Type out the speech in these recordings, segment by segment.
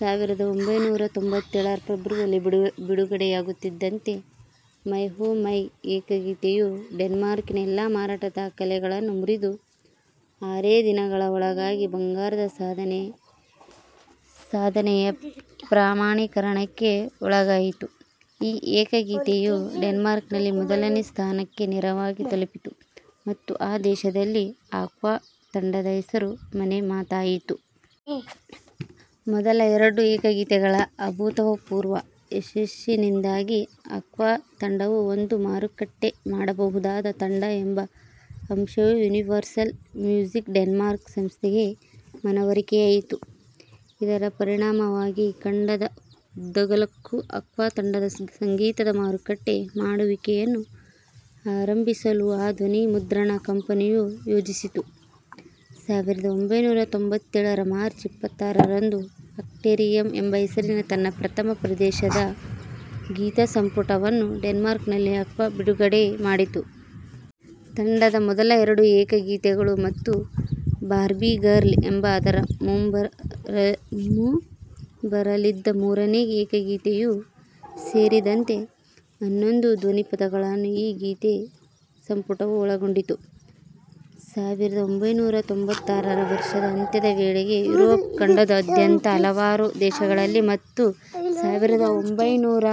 ಸಾವಿರದ ಒಂಭೈನೂರ ತ್ತೊಂಬತ್ತೇಳರ ಫೆಬ್ರುವರಿಯಲ್ಲಿ ಬಿಡುಗಡೆಯಾಗುತ್ತಿದ್ದಂತೆ "ಮೈ ಓಹ್ ಮೈ" ಏಕಗೀತೆಯು ಡೆನ್ಮಾರ್ಕಿನ ಎಲ್ಲಾ ಮಾರಾಟ ದಾಖಲೆಗಳನ್ನು ಮುರಿದು, ಆರೇ ದಿನಗಳ ಒಳಗಾಗಿ ಬಂಗಾರದ ಸಾಧನೆಯ ಪ್ರಮಾಣೀಕರಣಕ್ಕೆ ಒಳಗಾಯಿತು. ಈ ಏಕಗೀತೆಯು ಡೆನ್ಮಾರ್ಕ್ನಲ್ಲಿ ಮೊದಲನೇ ಸ್ಥಾನಕ್ಕೆ ನೇರವಾಗಿ ತಲುಪಿತು, ಮತ್ತು ಆ ದೇಶದಲ್ಲಿ ಆಕ್ವಾ ತಂಡದ ಹೆಸರು ಮನೆಮಾತಾಯಿತು. ಮೊದಲ ಎರಡು ಏಕಗೀತೆಗಳ ಅಭೂತಪೂರ್ವ ಯಶಸ್ಸಿನಿಂದಾಗಿ, ಆಕ್ವಾ ತಂಡವು ಒಂದು ಮಾರುಕಟ್ಟೆ ಮಾಡಬಹುದಾದ ತಂಡ ಎಂಬ ಅಂಶವು ಯೂನಿವರ್ಸಲ್ ಮ್ಯೂಸಿಕ್ ಡೆನ್ಮಾರ್ಕ್ ಸಂಸ್ಥೆಗೆ ಮನವರಿಕೆಯಾಯಿತು. ಇದರ ಪರಿಣಾಮವಾಗಿ ಖಂಡದ ಉದ್ದಗಲಕ್ಕೂ ಆಕ್ವಾ ತಂಡದ ಸಂಗೀತದ ಮಾರುಕಟ್ಟೆ ಮಾಡುವಿಕೆಯನ್ನು ಆರಂಭಿಸಲು ಆ ಧ್ವನಿಮುದ್ರಣ ಕಂಪನಿಯು ಯೋಜಿಸಿತು. ಸಾವಿರದ ಒಂಭೈನೂರ ತ್ತೊಂಬತ್ತೇಳರ ಮಾರ್ಚ್ ಇಪ್ಪತ್ತಾರರಂದು, ಆಕ್ವೇರಿಯಂ ಎಂಬ ಹೆಸರಿನ ತನ್ನ ಪ್ರಥಮ ಪ್ರವೇಶದ ಗೀತಸಂಪುಟವನ್ನು ಡೆನ್ಮಾರ್ಕ್ನಲ್ಲಿ ಆಕ್ವಾ ಬಿಡುಗಡೆಮಾಡಿತು. ತಂಡದ ಮೊದಲ ಎರಡು ಏಕಗೀತೆಗಳು ಮತ್ತು "ಬಾರ್ಬೀ ಗರ್ಲ್" ಎಂಬ ಅದರ ಮುಂಬರಲಿದ್ದ ಮೂರನೇ ಏಕಗೀತೆಯೂ ಸೇರಿದಂತೆ, ಹನ್ನೊಂದು ಧ್ವನಿಪಥಗಳನ್ನು ಈ ಗೀತಸಂಪುಟವು ಒಳಗೊಂಡಿತ್ತು. ಸಾವಿರದ ಒಂಭೈನೂರ ತ್ತೊಂಬತ್ತಾರರ ವರ್ಷದ ಅಂತ್ಯದ ವೇಳೆಗೆ ಯುರೋಪ್ ಖಂಡದಾದ್ಯಂತದ ಹಲವಾರು ದೇಶಗಳಲ್ಲಿ ಮತ್ತು ಸಾವಿರದ ಒಂಭೈನೂರ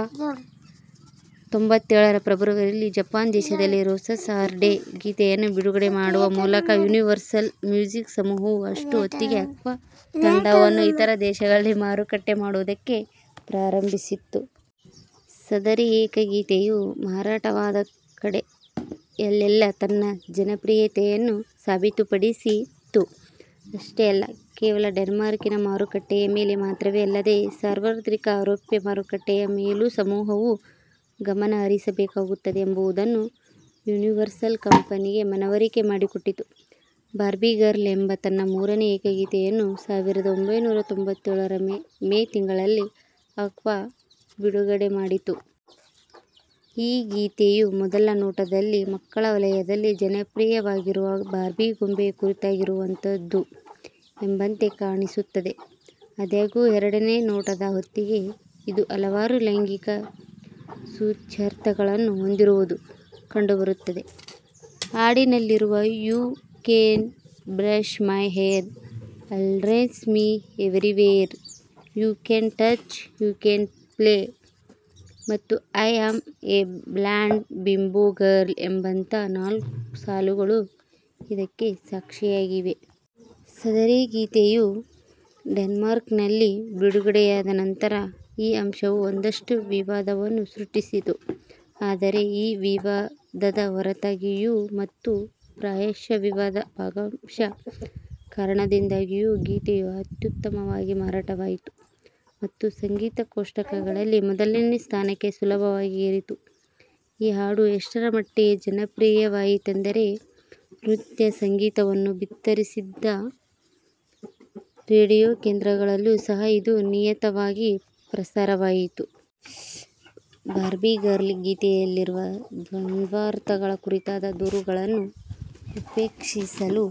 ತ್ತೊಂಬತ್ತೇಳರ ಫೆಬ್ರುವರಿಯಲ್ಲಿ ಜಪಾನ್ ದೇಶದಲ್ಲಿ "ರೋಸಸ್ ಆರ್ ರೆಡ್" ಏಕಗೀತೆಯನ್ನು ಬಿಡುಗಡೆ ಮಾಡುವ ಮೂಲಕ, ಯೂನಿವರ್ಸಲ್ ಮ್ಯೂಸಿಕ್ ಸಮೂಹವು ಅಷ್ಟುಹೊತ್ತಿಗೆ ಆಕ್ವಾ ತಂಡವನ್ನು ಇತರ ದೇಶಗಳಲ್ಲಿ ಮಾರುಕಟ್ಟೆ ಮಾಡುವುದಕ್ಕೆ ಪ್ರಾರಂಭಿಸಿತ್ತು. ಸದರಿ ಏಕಗೀತೆಯು ಮಾರಾಟವಾದ ಕಡೆಯಲ್ಲೆಲ್ಲಾ ತನ್ನ ಜನಪ್ರಿಯತೆಯನ್ನು ಸಾಬೀತುಪಡಿಸಿತು. ಅಷ್ಟೇ ಅಲ್ಲ, ಕೇವಲ ಡೆನ್ಮಾರ್ಕಿನ ಮಾರುಕಟ್ಟೆಯ ಮೇಲೆ ಮಾತ್ರವೇ ಅಲ್ಲದೇ, ಸಾರ್ವತ್ರಿಕ ಐರೋಪ್ಯ ಮಾರುಕಟ್ಟೆಯ ಮೇಲೂ ಸಮೂಹವು ಗಮನ ಹರಿಸಬೇಕಾಗುತ್ತದೆ ಎಂಬುದನ್ನು ಯೂನಿವರ್ಸಲ್ ಕಂಪನಿಗೆ ಮನವರಿಕೆ ಮಾಡಿಕೊಟ್ಟಿತು. "ಬಾರ್ಬೀ ಗರ್ಲ್" ಎಂಬ ತನ್ನ ಮೂರನೇ ಏಕಗೀತೆಯನ್ನು ಸಾವಿರದ ಒಂಭೈನೂರ ತ್ತೊಂಬತ್ತೇಳರ ಮೇ ತಿಂಗಳಲ್ಲಿ ಆಕ್ವಾ ಬಿಡುಗಡೆಮಾಡಿತು. ಈ ಗೀತೆಯು ಮೊದಲ ನೋಟದಲ್ಲಿ, ಮಕ್ಕಳ ವಲಯದಲ್ಲಿ ಜನಪ್ರಿಯವಾಗಿರುವ ಬಾರ್ಬೀ ಗೊಂಬೆಯ ಕುರಿತಾಗಿರುವಂಥದ್ದು ಎಂಬಂತೆ ಕಾಣಿಸುತ್ತದೆ. ಆದಾಗ್ಯೂ, ಎರಡನೇ ನೋಟದ ಹೊತ್ತಿಗೆ, ಇದು ಹಲವಾರು ಲೈಂಗಿಕ ಸೂಚ್ಯಾರ್ಥಗಳನ್ನು ಹೊಂದಿರುವುದು ಕಂಡುಬರುತ್ತದೆ; ಹಾಡಿನಲ್ಲಿರುವ "you can brush my hair, undress me everywhere," "you can touch, you can play," ಮತ್ತು "I am a blonde bimbo girl" ಎಂಬಂಥ ಸಾಲುಗಳು ಇದಕ್ಕೆ ಸಾಕ್ಷಿಯಾಗಿವೆ. ಸದರಿ ಗೀತೆಯು ಡೆನ್ಮಾರ್ಕ್ನಲ್ಲಿ ಬಿಡುಗಡೆಯಾದ ನಂತರ, ಈ ಅಂಶವು ಒಂದಷ್ಟು ವಿವಾದವನ್ನು ಸೃಷ್ಟಿಸಿತು. ಆದರೆ ಈ ವಿವಾದದ ಹೊರತಾಗಿಯೂ ಮತ್ತು ಪ್ರಾಯಶಃ ವಿವಾದದ ಭಾಗಶಃ ಕಾರಣದಿಂದಾಗಿಯೂ, ಗೀತೆಯು ಅತ್ಯುತ್ತಮವಾಗಿ ಮಾರಾಟವಾಯಿತು ಮತ್ತು ಸಂಗೀತ-ಕೋಷ್ಟಕಗಳಲ್ಲಿ ಮೊದಲನೇ ಸ್ಥಾನಕ್ಕೆ ಸುಲಭವಾಗಿ ಏರಿತು. ಈ ಹಾಡು ಎಷ್ಟರಮಟ್ಟಿಗೆ ಜನಪ್ರಿಯವಾಯಿತೆಂದರೆ, ನೃತ್ಯ ಸಂಗೀತವನ್ನು ಬಿತ್ತರಿಸದಿದ್ದ ರೇಡಿಯೋ ಕೇಂದ್ರಗಳಲ್ಲೂ ಸಹ ಇದು ನಿಯತವಾಗಿ ಪ್ರಸಾರವಾಯಿತು. "ಬಾರ್ಬೀ ಗರ್ಲ್" ಗೀತೆಯಲ್ಲಿರುವ ದ್ವಂದ್ವಾರ್ಥಗಳ ಕುರಿತಾದ ದೂರುಗಳನ್ನು ಉಪೇಕ್ಷಿಸಲು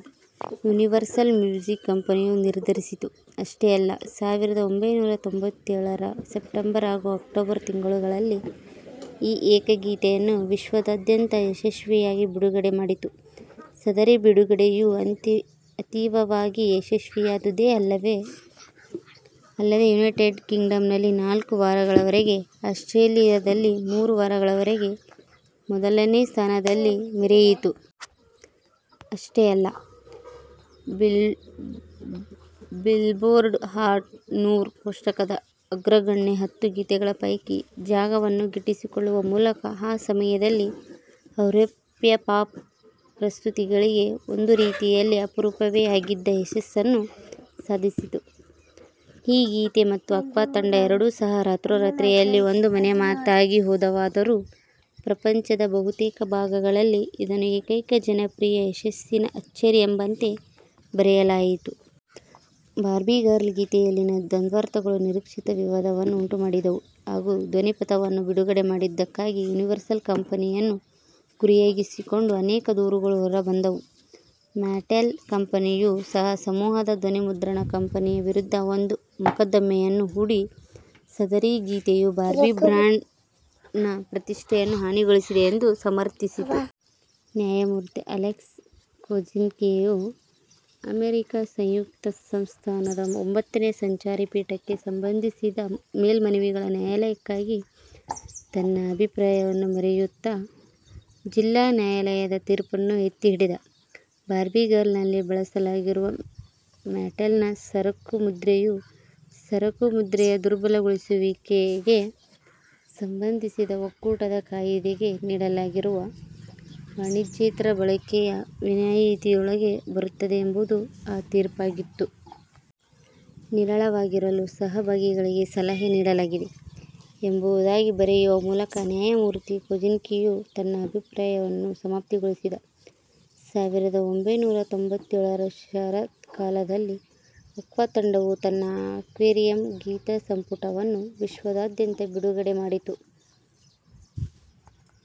ಯೂನಿವರ್ಸಲ್ ಮ್ಯೂಸಿಕ್ ಕಂಪನಿಯು ನಿರ್ಧರಿಸಿತು. ಅಷ್ಟೇ ಅಲ್ಲ, ಸಾವಿರದ ಒಂಭೈನೂರ ತ್ತೊಂಬತ್ತೇಳರ ಸೆಪ್ಟೆಂಬರ್ ಹಾಗೂ ಅಕ್ಟೋಬರ್ ತಿಂಗಳುಗಳಲ್ಲಿ ಈ ಏಕಗೀತೆಯನ್ನು ವಿಶ್ವದಾದ್ಯಂತ ಯಶಸ್ವಿಯಾಗಿ ಬಿಡುಗಡೆಮಾಡಿತು. ಸದರಿ ಬಿಡುಗಡೆಯು ಅತೀವವಾಗಿ ಯಶಸ್ವಿಯಾದುದೇ ಅಲ್ಲದೇ, ಯುನೈಟೆಡ್ ಕಿಂಗ್ಡಂನಲ್ಲಿ ನಾಲ್ಕು ವಾರಗಳವರೆಗೆ, ಆಸ್ಟ್ರೇಲಿಯಾದಲ್ಲಿ ಮೂರು ವಾರಗಳವರೆಗೆ ಮೊದಲನೇ ಸ್ಥಾನದಲ್ಲಿ ಮೆರೆಯಿತು. ಅಷ್ಟೇ ಅಲ್ಲ, ಬಿಲ್ಬೋರ್ಡ್ ಹಾಟ್ ನೂರು ಕೋಷ್ಟಕದ ಅಗ್ರಗಣ್ಯ ಹತ್ತು ಗೀತೆಗಳ ಪೈಕಿ ಜಾಗವನ್ನು ಗಿಟ್ಟಿಸಿಕೊಳ್ಳುವ ಮೂಲಕ, ಆ ಸಮಯದಲ್ಲಿ ಐರೋಪ್ಯ ಪಾಪ್ ಪ್ರಸ್ತುತಿಗಳಿಗೆ ಒಂದುರೀತಿಯಲ್ಲಿ ಅಪರೂಪವೇ ಆಗಿದ್ದ ಯಶಸ್ಸನ್ನು ಸಾಧಿಸಿತು. ಈ ಗೀತೆ ಮತ್ತು ಆಕ್ವಾ ತಂಡ ಎರಡೂ ಸಹ ರಾತ್ರೋರಾತ್ರಿಯಲ್ಲಿ ಒಂದು ಮನೆಮಾತಾಗಿಹೋದವಾದರೂ, ಪ್ರಪಂಚದ ಬಹುತೇಕ ಭಾಗಗಳಲ್ಲಿ ಇದನ್ನು ಏಕೈಕ-ಜನಪ್ರಿಯ ಯಶಸ್ಸಿನ ಅಚ್ಚರಿ ಎಂಬಂತೆ ಬರೆಯಲಾಯಿತು. "ಬಾರ್ಬೀ ಗರ್ಲ್" ಗೀತೆಯಲ್ಲಿನ ದ್ವಂದ್ವಾರ್ಥಗಳು ನಿರೀಕ್ಷಿತ ವಿವಾದವನ್ನು ಉಂಟುಮಾಡಿದವು ಹಾಗೂ ಧ್ವನಿಪಥವನ್ನು ಬಿಡುಗಡೆ ಮಾಡಿದ್ದಕ್ಕಾಗಿ ಯೂನಿವರ್ಸಲ್ ಕಂಪನಿಯನ್ನು ಗುರಿಯಾಗಿರಿಸಿಕೊಂಡು ಅನೇಕ ದೂರುಗಳು ಹೊರಬಂದವು. ಮ್ಯಾಟೆಲ್ ಕಂಪನಿಯೂ ಸಹ ಸಮೂಹದ ಧ್ವನಿಮುದ್ರಣ ಕಂಪನಿಯ ವಿರುದ್ಧ ಒಂದು ಮೊಕದ್ದಮೆಯನ್ನು ಹೂಡಿ, ಸದರಿ ಗೀತೆಯು ಬಾರ್ಬೀ ಬ್ರಾಂಡ್ನ ಪ್ರತಿಷ್ಠೆಯನ್ನು ಹಾನಿಗೊಳಿಸಿದೆ ಎಂದು ಸಮರ್ಥಿಸಿತು. ನ್ಯಾಯಮೂರ್ತಿ ಅಲೆಕ್ಸ್ ಕೊಜಿನ್ಸ್ಕಿಯು ಅಮೆರಿಕಾ ಸಂಯುಕ್ತ ಸಂಸ್ಥಾನದ ಒಂಬತ್ತನೇ ಸಂಚಾರಿ ಪೀಠಕ್ಕೆ ಸಂಬಂಧಿಸಿದ ಮೇಲ್ಮನವಿಗಳ ನ್ಯಾಯಾಲಯಕ್ಕಾಗಿ ತನ್ನ ಅಭಿಪ್ರಾಯವನ್ನು ಬರೆಯುತ್ತಾ, ಜಿಲ್ಲಾ ನ್ಯಾಯಾಲಯದ ತೀರ್ಪನ್ನು ಎತ್ತಿಹಿಡಿದ; "ಬಾರ್ಬೀ ಗರ್ಲ್"ನಲ್ಲಿ ಬಳಸಲಾಗಿರುವ ಮ್ಯಾಟೆಲ್ನ ಸರಕುಮುದ್ರೆಯು, ಸರಕುಮುದ್ರೆಯ ದುರ್ಬಲಗೊಳಿಸುವಿಕೆಗೆ ಸಂಬಂಧಿಸಿದ ಒಕ್ಕೂಟದ ಕಾಯಿದೆಗೆ ನೀಡಲಾಗಿರುವ ವಾಣಿಜ್ಯೇತರ ಬಳಕೆಯ ವಿನಾಯಿತಿಯೊಳಗೆ ಬರುತ್ತದೆ ಎಂಬುದು ಆ ತೀರ್ಪಾಗಿತ್ತು. "ನಿರಾಳವಾಗಿರಲು ಸಹಭಾಗಿಗಳಿಗೆ ಸಲಹೆ ನೀಡಲಾಗಿದೆ" ಎಂಬುದಾಗಿ ಬರೆಯುವ ಮೂಲಕ, ನ್ಯಾಯಮೂರ್ತಿ ಕೊಜಿನ್ಸ್ಕಿಯು ತನ್ನ ಅಭಿಪ್ರಾಯವನ್ನು ಸಮಾಪ್ತಗೊಳಿಸಿದ. ಸಾವಿರದ ಒಂಭೈನೂರ ತ್ತೊಂಬತ್ತೇಳರ ಶರತ್ಕಾಲದಲ್ಲಿ, ಆಕ್ವಾ ತಂಡವು ತನ್ನ ಆಕ್ವೇರಿಯಂ ಗೀತಸಂಪುಟವನ್ನು ವಿಶ್ವದಾದ್ಯಂತ ಬಿಡುಗಡೆಮಾಡಿತು.